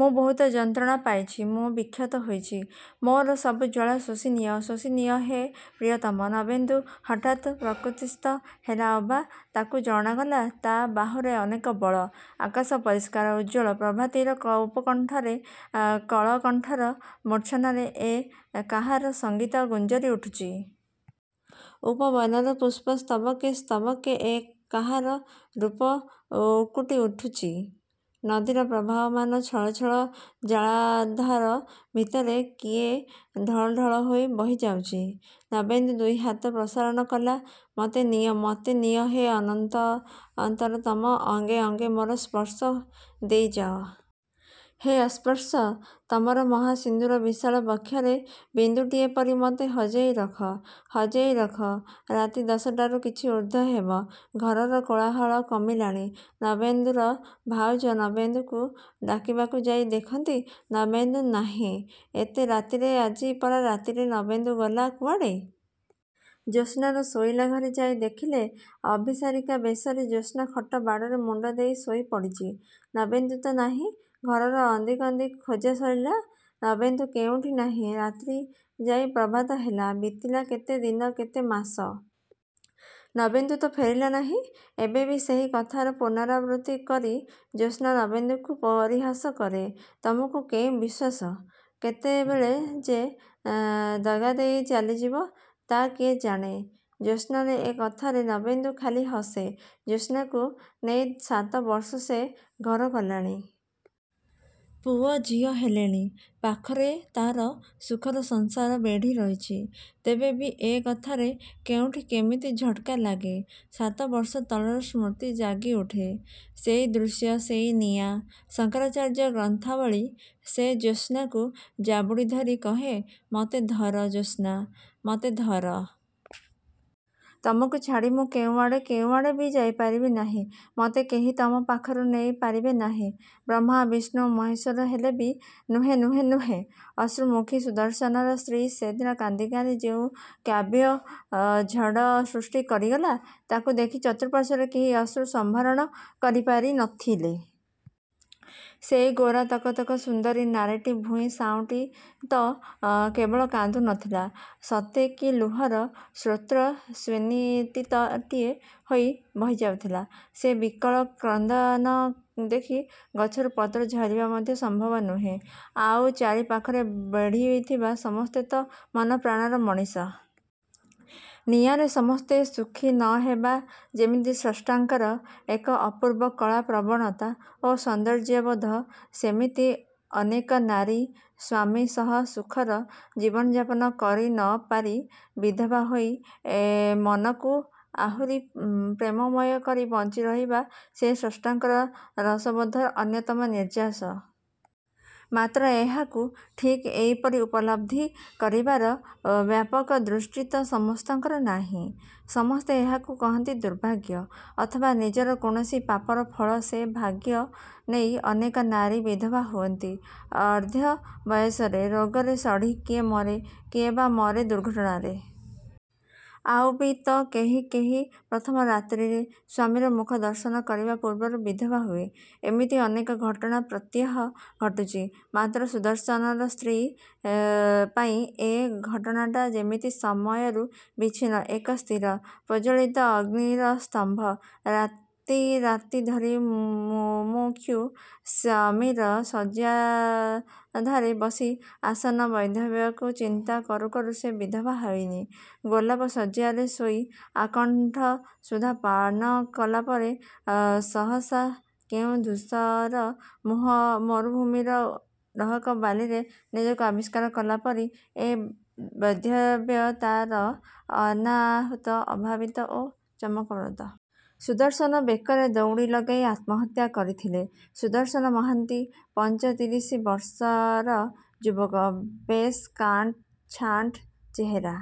"ମୁଁ ବହୁ ଯନ୍ତ୍ରଣା ପାଇଚି, ମୁଁ ବିକ୍ଷତ ହୋଇଚି। ମୋର ସବୁ ଜ୍ଵାଳା ଶୋଷିନିଅ, ଶୋଷିନିଅ, ହେ ପ୍ରିୟତମ।"ନବେନ୍ଦୁ ହଠାତ୍ ପ୍ରକୃତିସ୍ଥ ହେଲା ଅବା, ତାକୁ ଜଣାଗଲା ତା' ବାହୁରେ ଅନେକ ବଳ! ଆକାଶ ପରିଷ୍କାର, ଉଜ୍ଜ୍ୱଳ। ପ୍ରଭାତୀର ଉପକଣ୍ଠରେ କଳକଣ୍ଠର ମୂର୍ଚ୍ଛନାରେ ଏ କାହାର ସଂଗୀତ ଗୁଞ୍ଜରି ଉଠୁଚି? ଉପବନର ପୁଷ୍ପ ସ୍ତବକେ ସ୍ତବକେ ଏ କାହାର ରୂପ ଉକୁଟି ଉଠୁଚି? ନଦୀର ପ୍ରବାହମାନ ଛଳ ଛଳ ଜଳାଧାର ଭିତରେ କିଏ ଢଳ ଢଳ ହୋଇ ବହିଯାଉଚି? ନବେନ୍ଦୁ ଦୁଇହାତ ପ୍ରସାରଣ କଲା, "ମତେ ନିଅ, ମତେ ନିଅ ହେ ଅନ୍ତରତମ। ଅଙ୍ଗେ ଅଙ୍ଗେ ମୋର ସ୍ପର୍ଶ ଦେଇଯାଅ। ହେ ଅସ୍ପର୍ଶ! ତମର ମହାସିନ୍ଧୁର ବିଶାଳ ବକ୍ଷରେ ବିନ୍ଦୁଟିଏ ପରି ମତେ ହଜେଇ ରଖ, ହଜେଇ ରଖ!"ରାତି ଦଶଟାରୁ କିଛି ଊର୍ଦ୍ଧ୍ଵ ହେବ! ଘରର କୋଳାହଳ କମିଲାଣି। ନବେନ୍ଦୁର ଭାଉଜ, ନବେନ୍ଦୁକୁ ଡାକିବାକୁ ଯାଇ ଦେଖନ୍ତି, ନବେନ୍ଦୁ ନାହିଁ। ଏତେ ରାତିରେ, ଆଜି ପରା ରାତିରେ ନବେନ୍ଦୁ ଗଲା କୁଆଡ଼େ? ଜ୍ୟୋତ୍ସ୍ନାର ଶୋଇଲା ଘରେ ଯାଇ ଦେଖିଲେ, ଅଭିସାରିକା ବେଶରେ ଜ୍ୟୋତ୍ସ୍ନା ଖଟ ବାଡ଼ରେ ମୁଣ୍ଡ ଦେଇ ଶୋଇ ପଡ଼ିଚି। ନବେନ୍ଦୁ ତ ନାହିଁ। ଘରର ଅନ୍ଦିକନ୍ଦି ଖୋଜା ସରିଲା। ନବେନ୍ଦୁ କେଉଁଠି ନାହିଁ। ରାତ୍ରି ଯାଇ ପ୍ରଭାତ ହେଲା। ବିତିଲା କେତେ ଦିନ, କେତେ ମାସ! ନବେନ୍ଦୁ ତ ଫେରିଲା ନାହିଁ? ଏବେ ବି ସେହି କଥାର ପୁନରାବୃତ୍ତି କରି ଜ୍ୟୋତ୍ସ୍ନା ନବେନ୍ଦୁକୁ ପରିହାସ କରେ, "ତମକୁ କେଉଁ ବିଶ୍ୱାସ? କେତେବେଳେ ଯେ ଦଗାଦେଇ ଚାଲିଯିବ, ତା' କିଏ ଜାଣେ?"ଜ୍ୟୋତ୍ସ୍ନାର ଏ କଥାରେ ନବେନ୍ଦୁ ଖାଲି ହସେ। ଜ୍ୟୋତ୍ସ୍ନାକୁ ନେଇ ସାତ ବର୍ଷ ସେ ଘର କଲାଣି! ପୁଅ ଝିଅ ହେଲେଣି। ପାଖରେ ତାର ସୁଖର ସଂସାର ବେଢ଼ି ରହିଛି। ତେବେ ବି ଏ କଥାରେ କେଉଁଠି କେମିତି ଖଟ୍‌କା ଲାଗେ। ସାତବର୍ଷ ତଳର ସ୍ମୃତି ଜାଗିଉଠେ। ସେଇ ଦୃଶ୍ୟ, ସେଇ ନିଆଁ, ଶଙ୍କରାଚାର୍ଯ୍ୟ ଗ୍ରନ୍ଥାବଳୀ। ସେ ଜ୍ୟୋତ୍ସ୍ନାକୁ ଜାବୁଡ଼ିଧରି କହେ, "ମତେ ଧର ଜ୍ୟୋତ୍ସ୍ନା, ମତେ ଧର! ତମକୁ ଛାଡ଼ି ମୁଁ କେଉଁଆଡ଼େ, କେଉଁଆଡ଼େ ବି ଯାଇପାରିବି ନାହିଁ। ମତେ କେହି ତମ ପାଖରୁ ନେଇ ପାରିବେ ନାହିଁ। ବ୍ରହ୍ମା, ବିଷ୍ଣୁ, ମହେଶ୍ୱର ହେଲେ ବି ନୁହେଁ, ନୁହେଁ, ନୁହେଁ!" ଅଶ୍ରୁମୁଖୀ ସୁଦର୍ଶନର ସ୍ତ୍ରୀ ସେଦିନ କାନ୍ଦି କାନ୍ଦି ଯେଉଁ କାବ୍ୟଝଡ଼ ସୃଷ୍ଟି କରିଗଲା, ତାକୁ ଦେଖି ଚତୁଃପାର୍ଶ୍ୱରେ କେହି ଅଶ୍ରୁ ସମ୍ଭରଣ କରିପାରି ନ ଥିଲେ। ସେଇ ଗୋରା ତକ ତକ ସୁନ୍ଦରୀ ନାରୀଟି ଭୂଇଁ ସାଉଁଟି ତ କେବଳ କାନ୍ଦୁ ନଥିଲା, ସତେ କି ଲୁହର ସ୍ରୋତସ୍ୱିନୀଟିଏ ହୋଇ ବହିଯାଉଥିଲା। ସେ ବିକଳ କ୍ରନ୍ଦନ ଦେଖି ଗଛରୁ ପତ୍ର ଝରିବା ମଧ୍ୟ ଅସମ୍ଭବ ନୁହେଁ, ଆଉ ଚାରି ପାଖରେ ବେଢ଼ିଥିବା ସମସ୍ତେ ତ ମନପ୍ରାଣର ମଣିଷ। ନିଆରେ ସମସ୍ତେ ସୁଖୀ ନ ହେବା ଯେମିତି ସ୍ରଷ୍ଟାଙ୍କର ଏକ ଅପୂର୍ବ କଳା ପ୍ରବଣତା ଓ ସୌନ୍ଦର୍ଯ୍ୟବୋଧ, ସେମିତି ଅନେକ ନାରୀ ସ୍ଵାମୀ ସହ ସୁଖର ଜୀବନଯାପନ କରି ନ ପାରି, ବିଧବା ହୋଇ, ମନକୁ ଆହୁରି ପ୍ରେମମୟ କରି ବଞ୍ଚିରହିବା ସେଇ ସ୍ରଷ୍ଟାଙ୍କର ରସବୋଧର ଅନ୍ୟତମ ନିର୍ଯ୍ୟାସ। ମାତ୍ର ଏହାକୁ ଠିକ୍ ଏଇପରି ଉପଲବ୍ଧି କରିବାର ବ୍ୟାପକ ଦୃଷ୍ଟି ତ ସମସ୍ତଙ୍କର ନାହିଁ! ସମସ୍ତେ ଏହାକୁ କହନ୍ତି ଦୁର୍ଭାଗ୍ୟ। ଅଥବା ନିଜର କୌଣସି ପାପର ଫଳ ସେ ଭାଗ୍ୟ ନେଇ ଅନେକ ନାରୀ ବିଧବା ହୁଅନ୍ତି। ଅର୍ଦ୍ଧ ବୟସରେ, ରୋଗରେ ସଢ଼ି କିଏ ମରେ, କିଏ ବା ମରେ ଦୁର୍ଘଟଣାରେ। ଆଉ ବି ତ କେହି କେହି ପ୍ରଥମ ରାତ୍ରିରେ, ସ୍ୱାମୀର ମୁଖଦର୍ଶନ କରିବା ପୂର୍ବରୁ ବିଧବା ହୁଏ। ଏମିତି ଅନେକ ଘଟଣା ପ୍ରତ୍ୟହ ଘଟୁଛି। ମାତ୍ର ସୁଦର୍ଶନର ସ୍ତ୍ରୀ ପାଇଁ ଏ ଘଟଣାଟା ଯେମିତି ସମୟରୁ ବିଚ୍ଛିନ୍ନ। ଏକ ସ୍ଥିର, ପ୍ରଜ୍ଜ୍ୱଳିତ ଅଗ୍ନିର ସ୍ତମ୍ଭ। ରାତି ରାତି ଧରି ମୁମୂକ୍ଷୁ ସ୍ୱାମୀର ଶଯ୍ୟାଧାରେ ବସି, ଆସନ୍ନ ବୈଧବ୍ୟକୁ ଚିନ୍ତା କରୁ କରୁ ସେ ବିଧବା ହୋଇନି, ଗୋଲାପଶଯ୍ୟାରେ ଶୋଇ, ଆକଣ୍ଠ ସୁଧା ପାନ କଲା ପରେ, ସହସା, କେଉଁ ଧୂସର ମରୁଭୂମିର ଡହକ ବାଲିରେ ନିଜକୁ ଆବିଷ୍କାର କଲା ପରି ଏ ବୈଧବ୍ୟ ତାର ଅନାହୂତ, ଅଭାବିତ ଓ ଚମକପ୍ରଦ। ସୁଦର୍ଶନ ବେକରେ ଦଉଡ଼ି ଲଗାଇ ଆତ୍ମହତ୍ୟା କରିଥିଲେ। ସୁଦର୍ଶନ ମହାନ୍ତି, ପଞ୍ଚତିରିଶି ବର୍ଷର ଯୁବକ। ବେଶ୍ କାଣ୍ଟ ଛାଣ୍ଟ ଚେହେରା।